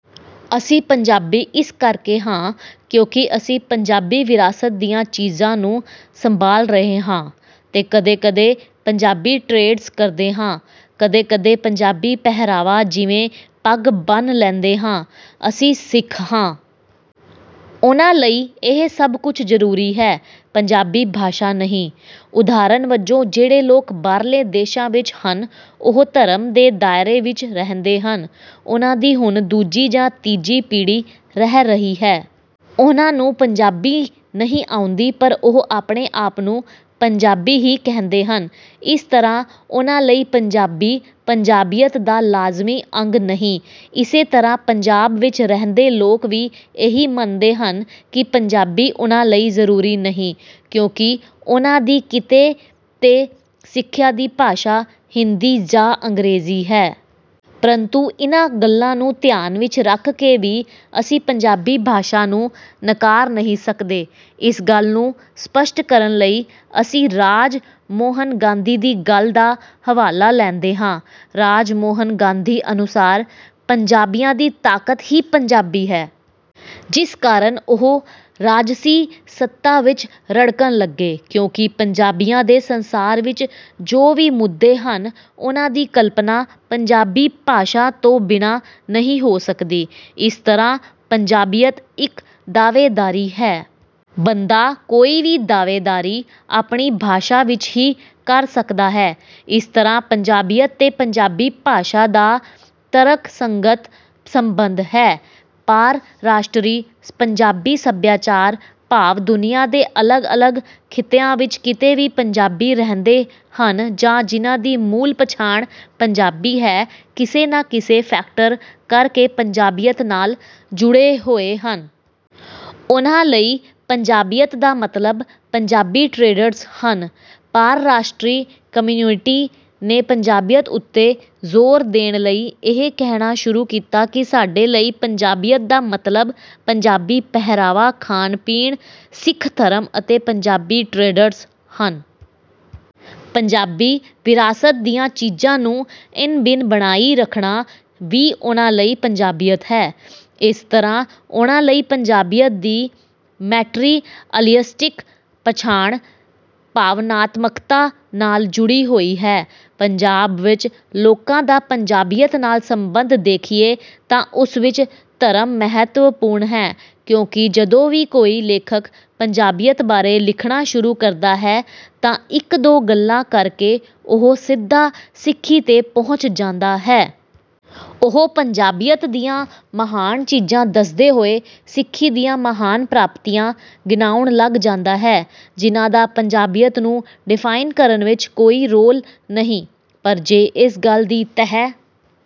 ਅਸੀਂ ਪੰਜਾਬੀ ਇਸ ਕਰਕੇ ਹਾਂ ਕਿਉਂਕਿ ਅਸੀਂ ਪੰਜਾਬੀ ਵਿਰਾਸਤ ਦੀਆਂ ਚੀਜ਼ਾਂ ਨੂੰ ਸੰਭਾਲ ਰਹੇ ਹਾਂ ਤੇ ਕਦੇ ਕਦੇ ਪੰਜਾਬੀ ਟ੍ਰੇਡਸ ਕਰਦੇ ਹਾਂ ਕਦੇ ਕਦੇ ਪੰਜਾਬੀ ਪਹਿਰਾਵਾ ਜਿਵੇਂ ਪੱਗ ਬੰਨ੍ਹ ਲੈਂਦੇ ਹਾਂ। ਅਸੀਂ ਸਿੱਖ ਹਾਂ। ਉਹਨਾਂ ਲਈ ਇਹ ਸਭ ਕੁਝ ਜ਼ਰੂਰੀ ਹੈ ਪੰਜਾਬੀ ਭਾਸ਼ਾ ਨਹੀਂ। ਉਦਾਹਰਨ ਵਜੋਂ ਜਿਹੜੇ ਲੋਕ ਬਾਹਰਲੇ ਦੇਸ਼ਾਂ ਵਿੱਚ ਹਨ ਉਹ ਧਰਮ ਦੇ ਦਾਇਰੇ ਵਿੱਚ ਰਹਿੰਦੇ ਹਨ। ਉਹਨਾਂ ਦੀ ਹੁਣ ਦੂਜੀ ਜਾਂ ਤੀਜੀ ਪੀੜ੍ਹੀ ਰਹਿ ਰਹੀ ਹੈ। ਉਹਨਾਂ ਨੂੰ ਪੰਜਾਬੀ ਨਹੀਂ ਆਉਂਦੀ ਪਰ ਉਹ ਆਪਣੇ ਆਪ ਨੂੰ ਪੰਜਾਬੀ ਹੀ ਕਹਿੰਦੇ ਹਨ। ਇਸ ਤਰ੍ਹਾਂ ਉਹਨਾਂ ਲਈ ਪੰਜਾਬੀ ਪੰਜਾਬੀਅਤ ਦਾ ਲਾਜ਼ਮੀ ਅੰਗ ਨਹੀਂ। ਇਸੇ ਤਰ੍ਹਾਂ ਪੰਜਾਬ ਵਿੱਚ ਰਹਿੰਦੇ ਲੋਕ ਵੀ ਇਹੀ ਮੰਨਦੇ ਹਨ ਕਿ ਪੰਜਾਬੀ ਉਹਨਾਂ ਲਈ ਜ਼ਰੂਰੀ ਨਹੀਂ ਕਿਉਂਕਿ ਉਹਨਾਂ ਦੀ ਕਿੱਤੇ ਤੇ ਸਿੱਖਿਆ ਦੀ ਭਾਸ਼ਾ ਹਿੰਦੀ ਜਾਂ ਅੰਗਰੇਜ਼ੀ ਹੈ। ਪਰੰਤੂ ਇਹਨਾਂ ਗੱਲਾਂ ਨੂੰ ਧਿਆਨ ਵਿੱਚ ਰੱਖ ਕੇ ਵੀ ਅਸੀਂ ਪੰਜਾਬੀ ਭਾਸ਼ਾ ਨੂੰ ਨਕਾਰ ਨਹੀਂ ਸਕਦੇ। ਇਸ ਗੱਲ ਨੂੰ ਸਪੱਸ਼ਟ ਕਰਨ ਲਈ ਅਸੀਂ ਰਾਜ ਮੋਹਨ ਗਾਂਧੀ ਦੀ ਗੱਲ ਦਾ ਹਵਾਲਾ ਲੈਂਦੇ ਹਾਂ। ਰਾਜ ਮੋਹਨ ਗਾਂਧੀ ਅਨੁਸਾਰ ਪੰਜਾਬੀਆਂ ਦੀ ਤਾਕਤ ਹੀ ਪੰਜਾਬੀ ਹੈ। ਜਿਸ ਕਾਰਨ ਉਹ ਰਾਜਸੀ ਸੱਤਾ ਵਿੱਚ ਰੜਕਣ ਲੱਗੇ ਕਿਉਂਕਿ ਪੰਜਾਬੀਆਂ ਦੇ ਸੰਸਾਰ ਵਿੱਚ ਜੋ ਵੀ ਮੁੱਦੇ ਹਨ ਉਹਨਾਂ ਦੀ ਕਲਪਨਾ ਪੰਜਾਬੀ ਭਾਸ਼ਾ ਤੋਂ ਬਿਨਾਂ ਨਹੀਂ ਹੋ ਸਕਦੀ। ਇਸ ਤਰ੍ਹਾਂ ਪੰਜਾਬੀਅਤ ਇੱਕ ਦਾਅਵੇਦਾਰੀ ਹੈ। ਬੰਦਾ ਕੋਈ ਵੀ ਦਾਅਵੇਦਾਰੀ ਆਪਣੀ ਭਾਸ਼ਾ ਵਿੱਚ ਹੀ ਕਰ ਸਕਦਾ ਹੈ। ਇਸ ਤਰ੍ਹਾਂ ਪੰਜਾਬੀਅਤ ਤੇ ਪੰਜਾਬੀ ਭਾਸ਼ਾ ਦਾ ਤਰਕਸੰਗਤ ਸੰਬੰਧ ਹੈ। ਪਾਰਰਾਸ਼ਟਰੀ ਪੰਜਾਬੀ ਸੱਭਿਆਚਾਰ ਭਾਵ ਦੁਨੀਆਂ ਦੇ ਅਲੱਗ ਅਲੱਗ ਖਿੱਤਿਆਂ ਵਿੱਚ ਕਿਤੇ ਵੀ ਪੰਜਾਬੀ ਰਹਿੰਦੇ ਹਨ ਜਾਂ ਜਿਨ੍ਹਾਂ ਦੀ ਮੂਲ ਪਛਾਣ ਪੰਜਾਬੀ ਹੈ ਕਿਸੇ ਨਾ ਕਿਸੇ ਫੈਕਟਰ ਕਰਕੇ ਪੰਜਾਬੀਅਤ ਨਾਲ ਜੁੜੇ ਹੋਏ ਹਨ। ਉਨ੍ਹਾਂ ਲਈ ਪੰਜਾਬੀਅਤ ਦਾ ਮਤਲਬ ਪੰਜਾਬੀ ਟ੍ਰੇਡਸ ਹਨ। ਪਾਰਰਾਸ਼ਟਰੀ ਕਮਿਊਨਿਟੀ ਨੇ ਪੰਜਾਬੀਅਤ ਉੱਤੇ ਜ਼ੋਰ ਦੇਣ ਲਈ ਇਹ ਕਹਿਣਾ ਸ਼ੁਰੂ ਕੀਤਾ ਕਿ ਸਾਡੇ ਲਈ ਪੰਜਾਬੀਅਤ ਦਾ ਮਤਲਬ ਪੰਜਾਬੀ ਪਹਿਰਾਵਾ ਖਾਣ ਪੀਣ ਸਿੱਖ ਧਰਮ ਅਤੇ ਪੰਜਾਬੀ ਟ੍ਰੇਡਸ ਹਨ। ਪੰਜਾਬੀ ਵਿਰਾਸਤ ਦੀਆਂ ਚੀਜ਼ਾਂ ਨੂੰ ਇਨ ਬਿਨ ਬਣਾਈ ਰੱਖਣਾ ਵੀ ਉਨ੍ਹਾਂ ਲਈ ਪੰਜਾਬੀਅਤ ਹੈ। ਇਸ ਤਰ੍ਹਾਂ ਉਨ੍ਹਾਂ ਲਈ ਪੰਜਾਬੀਅਤ ਦੀ ਮੈਟੀਰੀਅਲਿਸਟਿਕ ਪਛਾਣ ਭਾਵਨਾਤਮਕਤਾ ਨਾਲ ਜੁੜੀ ਹੋਈ ਹੈ। ਪੰਜਾਬ ਵਿੱਚ ਲੋਕਾਂ ਦਾ ਪੰਜਾਬੀਅਤ ਨਾਲ ਸੰਬੰਧ ਦੇਖੀਏ ਤਾਂ ਉਸ ਵਿੱਚ ਧਰਮ ਮਹੱਤਵਪੂਰਨ ਹੈ ਕਿਉਂਕਿ ਜਦੋਂ ਵੀ ਕੋਈ ਲੇਖਕ ਪੰਜਾਬੀਅਤ ਬਾਰੇ ਲਿਖਣਾ ਸ਼ੁਰੂ ਕਰਦਾ ਹੈ ਤਾਂ ਇੱਕ ਦੋ ਗੱਲਾਂ ਕਰਕੇ ਉਹ ਸਿੱਧਾ ਸਿੱਖੀ ਤੇ ਪਹੁੰਚ ਜਾਂਦਾ ਹੈ। ਉਹ ਪੰਜਾਬੀਅਤ ਦੀਆਂ ਮਹਾਨ ਚੀਜ਼ਾਂ ਦੱਸਦੇ ਹੋਏ ਸਿੱਖੀ ਦੀਆਂ ਮਹਾਨ ਪ੍ਰਾਪਤੀਆਂ ਗਿਣਾਉਣ ਲੱਗ ਜਾਂਦਾ ਹੈ ਜਿਨ੍ਹਾਂ ਦਾ ਪੰਜਾਬੀਅਤ ਨੂੰ ਡਿਫਾਈਨ ਕਰਨ ਵਿੱਚ ਕੋਈ ਰੋਲ ਨਹੀਂ ਪਰ ਜੇ ਇਸ ਗੱਲ ਦੀ ਤਹਿ